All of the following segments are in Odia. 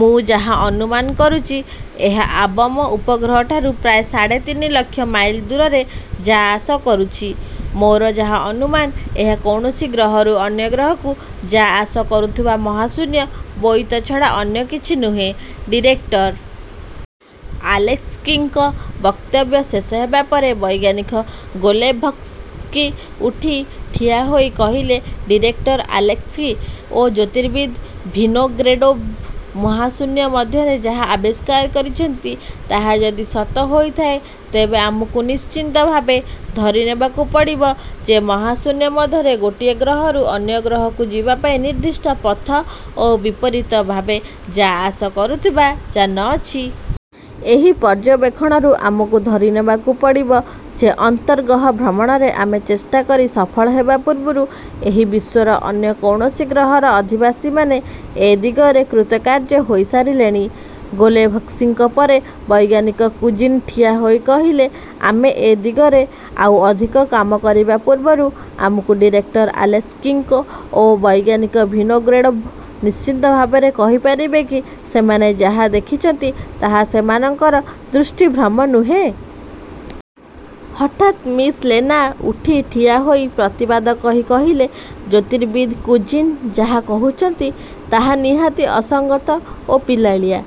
ମୁଁ ଯାହା ଅନୁମାନ କରୁଛି, ଏହା ଆବମ ଉପଗ୍ରହଠାରୁ ପ୍ରାୟ ସାଢ଼େ ତିନି ଲକ୍ଷ ମାଇଲ ଦୂରରେ ଯା-ଆସ କରୁଛି। ମୋର ଯାହା ଅନୁମାନ, ଏହା କୌଣସି ଗ୍ରହରୁ ଅନ୍ୟ ଗ୍ରହକୁ ଯା-ଆସ କରୁଥିବା ମହାଶୂନ୍ୟ ବୋଇତ ଛଡ଼ା ଅନ୍ୟ କିଛି ନୁହେଁ। '' ଡିରେକ୍ଟର ଆଲେସ୍କିଙ୍କ ବକ୍ତବ୍ୟ ଶେଷ ହେବା ପରେ ବୈଜ୍ଞାନିକ ଗୋଲେଭସ୍କି ଉଠି ଠିଆହୋଇ କହିଲେ, 'ଡିରେକ୍ଟର ଆଲେସ୍କି ଓ ଜ୍ୟୋତିର୍ବିତ୍ ଭିନୋଗ୍ରେଡ଼ୋଭ୍ ମହାଶୂନ୍ୟ ମଧ୍ୟରେ ଯାହା ଆବିଷ୍କାର କରିଛନ୍ତି, ତାହା ଯଦି ସତ ହୋଇଥାଏ ତେବେ ଆମକୁ ନିଶ୍ଚିତ ଭାବେ ଧରିନେବାକୁ ପଡ଼ିବ ଯେ, ଏହି ମହାଶୂନ୍ୟ ମଧ୍ୟରେ ଗୋଟିଏ ଗ୍ରହରୁ ଅନ୍ୟ ଗ୍ରହକୁ ଯିବାପାଇଁ ନିର୍ଦ୍ଦିଷ୍ଟ ପଥ ଓ ବିପରୀତ ଭାବେ ଯା-ଆସ କରୁଥିବା ଯାନ ଅଛି। ଏହି ପର୍ଯ୍ୟବେକ୍ଷଣରୁ ଆମକୁ ଧରିନେବାକୁ ପଡ଼ିବ ଯେ ଅନ୍ତର୍ଗହ ଭ୍ରମଣରେ ଆମେ ଚେଷ୍ଟା କରି ସଫଳ ହେବା ପୂର୍ବରୁ ଏହି ବିଶ୍ୱର ଅନ୍ୟ କୌଣସି ଗ୍ରହର ଅଧିବାସୀମାନେ ଏ ଦିଗରେ କୃତକାର୍ଯ୍ୟ ହୋଇ ସାରିଲେଣି। '' ଗୋଲେଭସ୍କିଙ୍କ ପରେ ବୈଜ୍ଞାନିକ କୁଜ୍ମିନ୍ ଠିଆହୋଇ କହିଲେ, ''ଆମେ ଏ ଦିଗରେ ଆଉ ଅଧିକ କାମ କରିବା ପୂର୍ବରୁ ଆମକୁ ଡିରେକ୍ଟର ଆଲେସ୍କି ଓ ବୈଜ୍ଞାନିକ ଭିନୋଗ୍ରେଡ଼ୋଭ୍ ନିଶ୍ଚିତ ଭାବରେ କହିପାରିବେ କି ସେମାନେ ଯାହା ଦେଖିଛନ୍ତି ତାହା ସେମାନଙ୍କର ଦୃଷ୍ଟିଭ୍ରମ ନୁହେଁ-? '' ହଠାତ୍ ମିସ୍ ଲେନା ଉଠି ଠିଆହୋଇ ପ୍ରତିବାଦ କହି କହିଲେ, ''ଜ୍ୟୋତିର୍ବିତ୍ କୁଜ୍ମିନ୍ ଯାହା କହୁଛନ୍ତି, ତାହା ନିହାତି ଅସଙ୍ଗତ ଓ ପିଲାଳିଆ।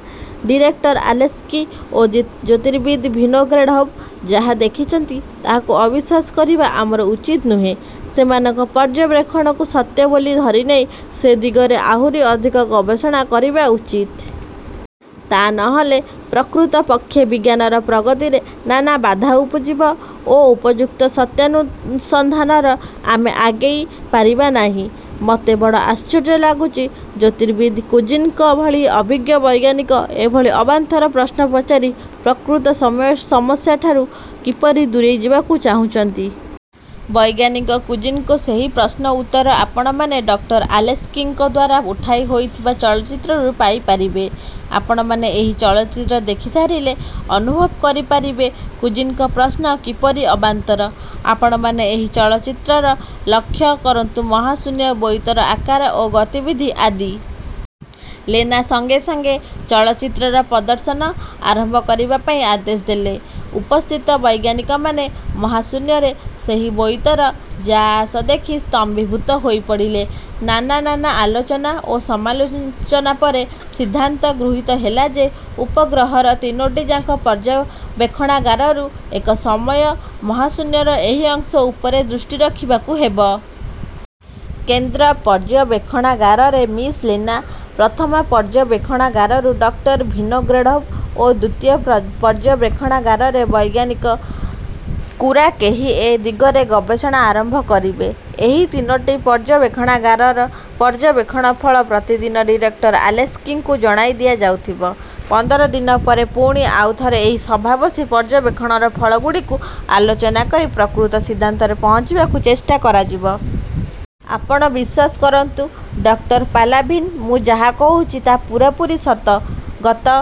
ଡିରେକ୍ଟର ଆଲେସ୍କି ଓ ଜ୍ୟୋତିର୍ବିତ୍ ଭିନୋଗ୍ରେଡ଼ୋଭ୍ ଯାହା ଦେଖିଛନ୍ତି, ତାହାକୁ ଅବିଶ୍ୱାସ କରିବା ଆମର ଉଚିତ ନୁହେଁ। ସେମାନଙ୍କ ପର୍ଯ୍ୟବେକ୍ଷଣକୁ ସତ୍ୟ ବୋଲି ଧରିନେଇ ସେ ଦିଗରେ ଆହୁରି ଅଧିକ ଗବେଷଣା କରିବା ଉଚିତ। ତା' ନହେଲେ ପ୍ରକୃତପକ୍ଷେ ବିଜ୍ଞାନର ପ୍ରଗତିରେ ନାନା ବାଧା ଉପୁଜିବ ଓ ଉପଯୁକ୍ତ ସତ୍ୟାନୁସନ୍ଧାନରେ ଆମେ ଆଗେଇ ପାରିବା ନାହିଁ। ମୋତେ ବଡ଼ ଆଶ୍ଚର୍ଯ୍ୟ ଲାଗୁଛି, ଜ୍ୟୋତିର୍ବିତ୍ କୁଜ୍ମିନ୍ଙ୍କ ଭଳି ଅଭିଜ୍ଞ ବୈଜ୍ଞାନିକ ଏଭଳି ଅବାନ୍ତର ପ୍ରଶ୍ନ ପଚାରି ପ୍ରକୃତ ସମସ୍ୟାଠାରୁ କିପରି ଦୂରେଇ ଯିବାକୁ ଚାହୁଁଛନ୍ତି। ବୈଜ୍ଞାନିକ କୁଜ୍ମିନ୍ଙ୍କ ସେହି ପ୍ରଶ୍ନର ଉତ୍ତର ଆପଣମାନେ ଡକ୍ଟର ଆଲେସ୍କିଙ୍କ ଦ୍ୱାରା ଉଠାହୋଇଥିବା ଚଳଚ୍ଚିତ୍ରରୁ ପାଇ ପାରିବେ। ଆପଣମାନେ ଏହି ଚଳଚ୍ଚିତ୍ର ଦେଖି ସାରିଲେ ଅନୁଭବ କରିପାରିବେ କୁଜ୍ମିନ୍ଙ୍କ ପ୍ରଶ୍ନ କିପରି ଅବାନ୍ତର! ଆପଣମାନେ ଏହି ଚଳଚ୍ଚିତ୍ରର ଲକ୍ଷ୍ୟ କରନ୍ତୁ ମହାଶୂନ୍ୟ ବୋଇତର ଆକାର ଓ ଗତିବିଧି ଆଦି। '' ଲେନା ସଙ୍ଗେ ସଙ୍ଗେ ଚଳଚ୍ଚିତ୍ରର ପ୍ରଦର୍ଶନ ଆରମ୍ଭ କରିବା ପାଇଁ ଆଦେଶ ଦେଲେ। ଉପସ୍ଥିତ ବୈଜ୍ଞାନିକମାନେ ମହାଶୂନ୍ୟରେ ସେହି ବୋଇତର ଯା' ଆସ ଦେଖି ସ୍ତମ୍ଭୀଭୂତ ହୋଇପଡ଼ିଲେ। ନାନା ଆଲୋଚନା ଓ ସମାଲୋଚନା ପରେ ସିନ୍ଧାନ୍ତ ଗୃହୀତ ହେଲା ଯେ, ଉପଗଗ୍ରହର ତିନୋଟିଯାକ ପର୍ଯ୍ୟବେକ୍ଷଣାଗାରରୁ ଏକ ସମୟରେ ମହାଶୂନ୍ୟର ଏହି ଅଂଶ ଉପରେ ଦୃଷ୍ଟି ରଖିବାକୁ ହେବ। କେନ୍ଦ୍ର ପର୍ଯ୍ୟବେକ୍ଷଣାଗାରରେ ମିସ୍ ଲେନା, ପ୍ରଥମେ ପର୍ଯ୍ୟବେକ୍ଷଣାଗାରରୁ ଡକ୍ଟର ଭିନୋଗ୍ରେଡ଼ୋଭ୍ ଓ ଦ୍ୱିତୀୟ ପର୍ଯ୍ୟବେକ୍ଷଣାଗାରରେ ବୈଜ୍ଞାନିକ। କୁରାକେହି ଏ ଦିଗରେ ଗବେଷଣା ଆରମ୍ଭ କରିବେ। ଏହି ତିନୋଟି ପର୍ଯ୍ୟବେକ୍ଷଣାଗାରର ପର୍ଯ୍ୟବେକ୍ଷଣ ଫଳ ପ୍ରତିଦିନ ଡିରେକ୍ଟର ଆଲେସ୍କିଙ୍କୁ ଜଣାଇ ଦିଆଯାଉଥିବ। ପନ୍ଦର ଦିନ ପରେ ପୁଣି ଆଉ ଥରେ ଏହି ସଭା ବସି ପର୍ଯ୍ୟବେକ୍ଷଣ ଫଳଗୁଡ଼ିକୁ ଆଲୋଚନା କରି ପ୍ରକୃତ ସିଦ୍ଧାନ୍ତରେ ପହଞ୍ଚିବାକୁ ଚେଷ୍ଟା କରାଯିବ। ''ଆପଣ ବିଶ୍ୱାସ କରନ୍ତୁ. ଡକ୍ଟର ପାଲାଭିନ୍, ମୁଁ ଯାହା କହୁଛି ତାହା ପୂରାପୂରି ସତ। ଗତ